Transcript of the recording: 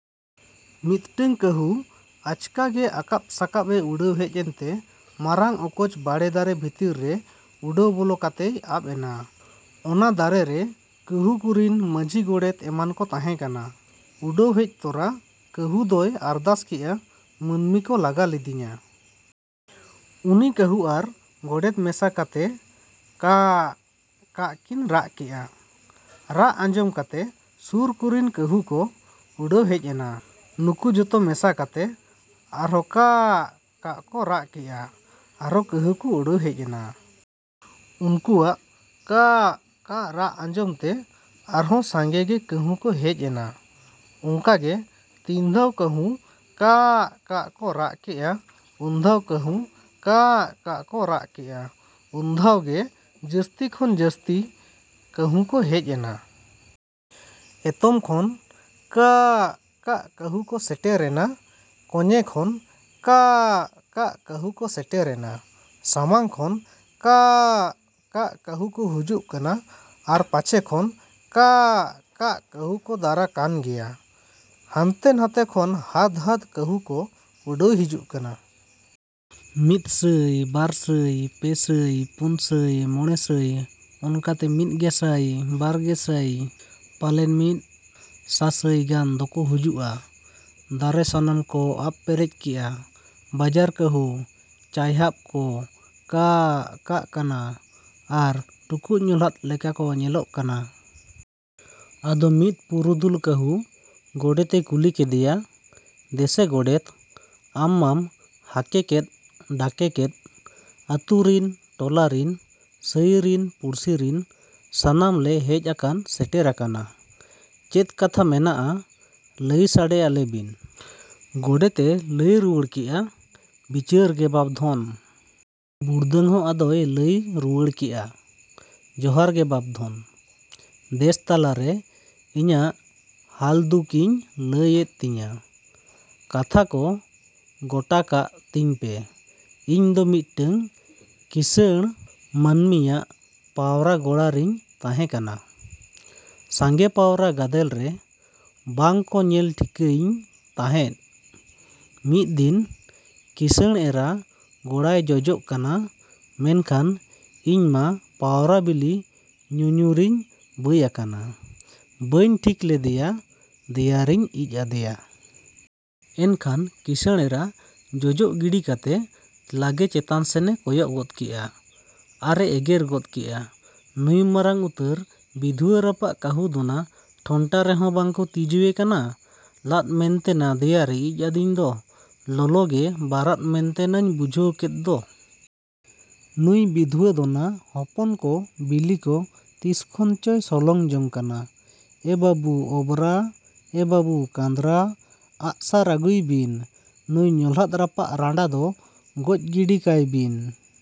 ᱢᱤᱫᱴᱟᱝ ᱠᱟᱺᱦᱩ ᱟᱪᱠᱟ ᱜᱮ ᱟᱠᱟᱵ ᱥᱟᱠᱟᱵ ᱮ ᱩᱰᱟᱹᱣ ᱦᱮᱡ ᱮᱱᱛᱮ ᱢᱟᱨᱟᱝ ᱚᱠᱚᱡ ᱵᱟᱲᱮ ᱫᱟᱨᱮ ᱵᱷᱤᱛᱨᱤ ᱨᱮ ᱩᱰᱟᱹᱣ ᱵᱚᱞᱚ ᱠᱟᱛᱮᱭ ᱟᱵ ᱮᱱᱟ᱾ ᱚᱱᱟ ᱫᱟᱨᱮ ᱨᱮ ᱠᱟᱺᱦᱩ ᱠᱚᱨᱤᱱ ᱢᱟᱹᱡᱷᱤ ᱜᱚᱰᱮᱛ ᱮᱢᱟᱱ ᱠᱚ ᱛᱟᱦᱮᱸ ᱠᱟᱱᱟ᱾ ᱩᱰᱟᱹᱣ ᱦᱮᱡ ᱛᱚᱨᱟ ᱠᱟᱺᱦᱩ ᱫᱚᱭ ᱟᱨᱫᱟᱥ ᱠᱮᱜᱼᱟ ᱢᱟᱹᱱᱢᱤ ᱠᱚ ᱞᱟᱜᱟ ᱞᱤᱫᱤᱧᱟ᱾ ᱩᱱᱤ ᱠᱟᱺᱦᱩ ᱟᱨ ᱜᱚᱰᱮᱛ ᱢᱮᱥᱟ ᱠᱟᱛᱮ ᱠᱟᱜ ᱻᱠᱟᱜ ᱠᱤᱱ ᱨᱟᱜ ᱠᱮᱜᱼᱟ᱾ ᱨᱟᱜ ᱟᱸᱡᱚᱢ ᱠᱟᱛᱮ ᱥᱩᱨ ᱠᱚᱨᱤᱱ ᱠᱟᱺᱦᱩ ᱠᱚ ᱩᱰᱟᱹᱣ ᱦᱮᱡ ᱮᱱᱟ᱾ ᱩᱱᱠᱩ ᱡᱚᱛᱚ ᱢᱮᱥᱟ ᱠᱟᱛᱮ ᱟᱨᱦᱚᱸ ᱠᱟᱜᱻ ᱠᱟᱜ ᱠᱚ ᱨᱟᱜ ᱠᱮᱜᱼᱟ ᱟᱨᱦᱚᱸ ᱠᱟᱺᱦᱩ ᱠᱚ ᱦᱮᱡ ᱮᱱᱟ᱾ ᱩᱱᱠᱩᱣᱟᱜ ᱠᱟᱜ ᱻᱠᱟᱜ ᱨᱟᱜ ᱟᱸᱡᱚᱢ ᱛᱮ ᱟᱨᱦᱚᱸ ᱥᱟᱸᱜᱮ ᱜᱮ ᱠᱟᱺᱦᱩ ᱠᱚ ᱦᱮᱡ ᱮᱱᱟ᱾ ᱚᱱᱠᱟ ᱜᱮ ᱛᱤᱱ ᱫᱷᱟᱣ ᱠᱟᱺᱦᱩ ᱠᱟᱜ ᱻᱠᱟᱜ ᱠᱚ ᱨᱟᱜ ᱠᱮᱜᱼᱟ ᱩᱱᱫᱷᱟᱣ ᱠᱟᱺᱦᱩ ᱠᱟᱜ ᱻᱠᱟᱜ ᱠᱚ ᱨᱟᱜ ᱠᱮᱜᱼᱟ ᱩᱱᱫᱷᱟᱣ ᱜᱮ ᱡᱟᱹᱥᱛᱤ ᱠᱷᱚᱱ ᱡᱟᱹᱥᱛᱤ ᱠᱟᱺᱦᱩ ᱠᱚ ᱦᱮᱡ ᱮᱱᱟ᱾ ᱮᱛᱚᱢ ᱠᱷᱚᱱ ᱠᱟᱜᱻ ᱠᱟᱜ ᱠᱟᱺᱦᱩ ᱠᱚ ᱥᱮᱴᱮᱨᱮᱱᱟ᱾ ᱠᱚᱧᱮ ᱠᱷᱚᱱ ᱠᱟᱜ ᱻᱠᱟᱜ ᱠᱟᱺᱦᱩ ᱠᱚ ᱥᱮᱴᱮᱨᱮᱱᱟ᱾ ᱥᱟᱢᱟᱝ ᱠᱷᱚᱱ ᱠᱟᱜᱻ ᱠᱟᱜ ᱠᱟᱹᱦᱩ ᱠᱚ ᱦᱩᱡᱩᱜ ᱠᱟᱱᱟ ᱾ᱟᱨ ᱯᱟᱪᱷᱮ ᱠᱷᱚᱱ ᱠᱟᱜᱻ ᱠᱟᱜ ᱠᱟᱺᱦᱩ ᱫᱟᱨᱟ ᱠᱚ ᱠᱟᱱ ᱜᱮᱭᱟ᱾ ᱦᱟᱱᱛᱮ ᱱᱟᱛᱮ ᱠᱷᱚᱱ ᱦᱟᱫᱽ ᱦᱩᱫᱽ ᱠᱟᱺᱦᱩ ᱠᱚ ᱩᱰᱟᱹᱣ ᱦᱤᱡᱩᱜ ᱠᱟᱱᱟ᱾ ᱢᱤᱫ ᱥᱟᱹᱭ ᱵᱟᱨ ᱥᱟᱹᱭ ᱯᱮ ᱥᱟᱹᱭ ᱯᱩᱱ ᱥᱟᱹᱭ ᱢᱚᱬᱮ ᱥᱟᱹᱭ ᱚᱱᱠᱟᱛᱮ ᱢᱤᱫ ᱜᱮᱥᱟᱹᱭ ᱵᱟᱨ ᱜᱮᱥᱟᱹᱭ ᱯᱟᱞᱮᱱ ᱢᱤᱫ ᱥᱟᱥᱟᱹᱭ ᱜᱟᱱ ᱫᱚᱠᱚ ᱦᱩᱭᱩᱜᱼᱟ ᱾ᱫᱟᱨᱮ ᱥᱟᱱᱟᱢ ᱠᱚ ᱟᱵ ᱯᱮᱨᱮᱡ ᱠᱮᱜᱼᱟ᱾ ᱵᱟᱡᱟᱨ ᱠᱟᱺᱦᱩ ᱪᱟᱭᱦᱟᱵ ᱠᱚ ᱠᱟᱜᱻ ᱠᱟᱜ ᱠᱟᱱᱟ ᱟᱨ ᱴᱩᱠᱩᱡ ᱧᱚᱞᱷᱟᱫ ᱞᱮᱠᱟ ᱠᱚ ᱧᱮᱞᱚᱜ ᱠᱟᱱᱟ᱾ ᱟᱫᱚ ᱢᱤᱫ ᱯᱩᱨᱩᱫᱷᱩᱞ ᱠᱟᱺᱦᱩ ᱜᱚᱰᱮᱛ ᱮ ᱠᱩᱞᱤ ᱠᱮᱫᱮᱭᱟ ᱫᱮᱥᱮ ᱜᱚᱰᱮᱛ ᱟᱢ ᱢᱟᱢ ᱦᱟᱠᱮ ᱠᱮᱫ ᱰᱟᱠᱮ ᱠᱮᱫ ᱟᱹᱛᱩ ᱨᱤᱱ ᱴᱚᱞᱟ ᱨᱤᱱ ᱥᱟᱹᱭ ᱨᱤᱱ ᱯᱩᱲᱥᱤ ᱨᱤᱱ ᱥᱟᱱᱟᱢ ᱞᱮ ᱦᱮᱡ ᱟᱠᱟᱱ ᱥᱮᱴᱮᱨ ᱟᱠᱟᱱᱟ᱾ ᱪᱮᱫ ᱠᱟᱛᱷᱟ ᱢᱮᱱᱟᱜᱼᱟ ᱞᱟᱹᱭ ᱥᱟᱰᱮ ᱟᱞᱮ ᱵᱤᱱ ᱜᱚᱰᱮᱛ ᱮ ᱞᱟᱹᱭ ᱨᱩᱣᱟᱹᱲ ᱠᱮᱜᱼᱟ ᱵᱤᱪᱟᱹᱨ ᱜᱮ ᱵᱟᱯ ᱫᱷᱚᱱ᱾ ᱵᱩᱲᱫᱟᱹᱝ ᱦᱚᱸ ᱟᱫᱚᱭ ᱞᱟᱹᱭ ᱨᱩᱣᱟᱹᱲ ᱠᱮᱜᱼᱟ ᱾ᱡᱚᱦᱟᱨ ᱜᱮ ᱵᱟᱯᱼᱫᱷᱚᱱ᱾ ᱫᱮᱥ ᱛᱟᱞᱟᱨᱮ ᱤᱧᱟᱜ ᱦᱟᱞᱫᱩᱠ ᱤᱧ ᱞᱟᱹᱭ ᱮᱫ ᱛᱤᱧᱟ᱾ ᱠᱟᱛᱷᱟ ᱠᱚ ᱜᱚᱴᱟᱠᱟᱜ ᱛᱤᱧ ᱯᱮ ᱤᱧ ᱫᱚ ᱢᱤᱫᱴᱟᱝ ᱠᱤᱥᱟᱹᱬ ᱢᱟᱹᱱᱢᱤᱭᱟᱜ ᱯᱟᱣᱨᱟ ᱜᱚᱲᱟ ᱨᱤᱧ ᱛᱟᱦᱮᱸ ᱠᱟᱱᱟ᱾ ᱥᱟᱸᱜᱮ ᱯᱟᱣᱨᱟ ᱜᱟᱫᱮᱞ ᱨᱮ ᱵᱟᱝ ᱠᱚ ᱧᱮᱞ ᱴᱷᱤᱠᱟᱹᱭᱤᱧ ᱛᱟᱦᱮᱸᱜ ᱢᱤᱫ ᱫᱤᱱ ᱠᱤᱥᱟᱹᱬ ᱮᱨᱟ ᱜᱚᱲᱟᱭ ᱡᱚᱡᱚᱜ ᱠᱟᱱᱟ ᱢᱮᱱᱠᱷᱟᱱ ᱤᱧ ᱢᱟ ᱯᱟᱣᱨᱟ ᱵᱤᱞᱤ ᱧᱩ ᱧᱩ ᱨᱮᱧ ᱵᱟᱹᱭ ᱟᱠᱟᱱᱟ ᱵᱟᱹᱧ ᱴᱷᱤᱜ ᱞᱮᱫᱮᱭᱟ ᱫᱮᱭᱟ ᱨᱤᱧ ᱤᱡ ᱟᱫᱮᱭᱟ᱾ ᱮᱱᱠᱷᱟᱱ ᱠᱤᱥᱟᱹᱬ ᱮᱨᱟ ᱡᱚᱱᱚᱜ ᱜᱤᱰᱤ ᱠᱟᱛᱮ ᱞᱟᱜᱮ ᱪᱮᱛᱟᱱ ᱥᱮᱱ ᱮ ᱠᱚᱭᱚᱜ ᱜᱚᱫ ᱠᱮᱜᱼᱟ ᱟᱨ ᱮ ᱮᱜᱮᱨ ᱜᱚᱫ ᱠᱮᱜᱼᱟ ᱱᱩᱭ ᱢᱟᱨᱟᱝ ᱩᱛᱟᱹᱨ ᱵᱤᱫᱷᱩᱣᱟᱹ ᱨᱟᱯᱟᱜ ᱠᱟᱺᱦᱩ ᱫᱚᱱᱟ ᱴᱷᱚᱱᱴᱟ ᱨᱮᱦᱚᱸ ᱵᱟᱠᱚ ᱛᱤᱡᱩᱭᱮ ᱠᱟᱱᱟ᱾ ᱞᱟᱫᱽ ᱢᱮᱱᱛᱮ ᱱᱟ ᱫᱮᱭᱟ ᱨᱮ ᱤᱡ ᱟᱹᱫᱤᱧ ᱫᱚ ᱞᱚᱞᱚᱜᱮ ᱵᱟᱨᱟᱫ ᱢᱮᱱᱛᱮ ᱱᱟᱹᱧ ᱵᱩᱡᱷᱟᱹᱣ ᱠᱮᱫ ᱫᱚ᱾ ᱱᱩᱭ ᱵᱤᱫᱷᱩᱣᱟᱹ ᱫᱚᱱᱟ ᱦᱚᱯᱚᱱ ᱠᱚ ᱵᱤᱞᱤ ᱠᱚ ᱛᱤᱥ ᱠᱷᱚᱱ ᱪᱚᱭ ᱥᱚᱞᱚᱝ ᱡᱚᱝ ᱠᱟᱱᱟ᱾ ᱮ ᱵᱟᱹᱵᱩ ᱚᱵᱽᱨᱟ ᱮ ᱵᱟᱹᱵᱩ ᱠᱟᱸᱫᱽᱨᱟ ᱟᱜᱼᱥᱟᱨ ᱟᱹᱜᱩᱭ ᱵᱤᱱ ᱼ ᱱᱩᱭ ᱧᱚᱞᱷᱟᱫ ᱨᱟᱯᱟᱜ ᱨᱟᱸᱰᱟ ᱫᱚ ᱜᱚᱡ ᱜᱤᱰᱤ ᱠᱟᱭ ᱵᱤᱱ᱾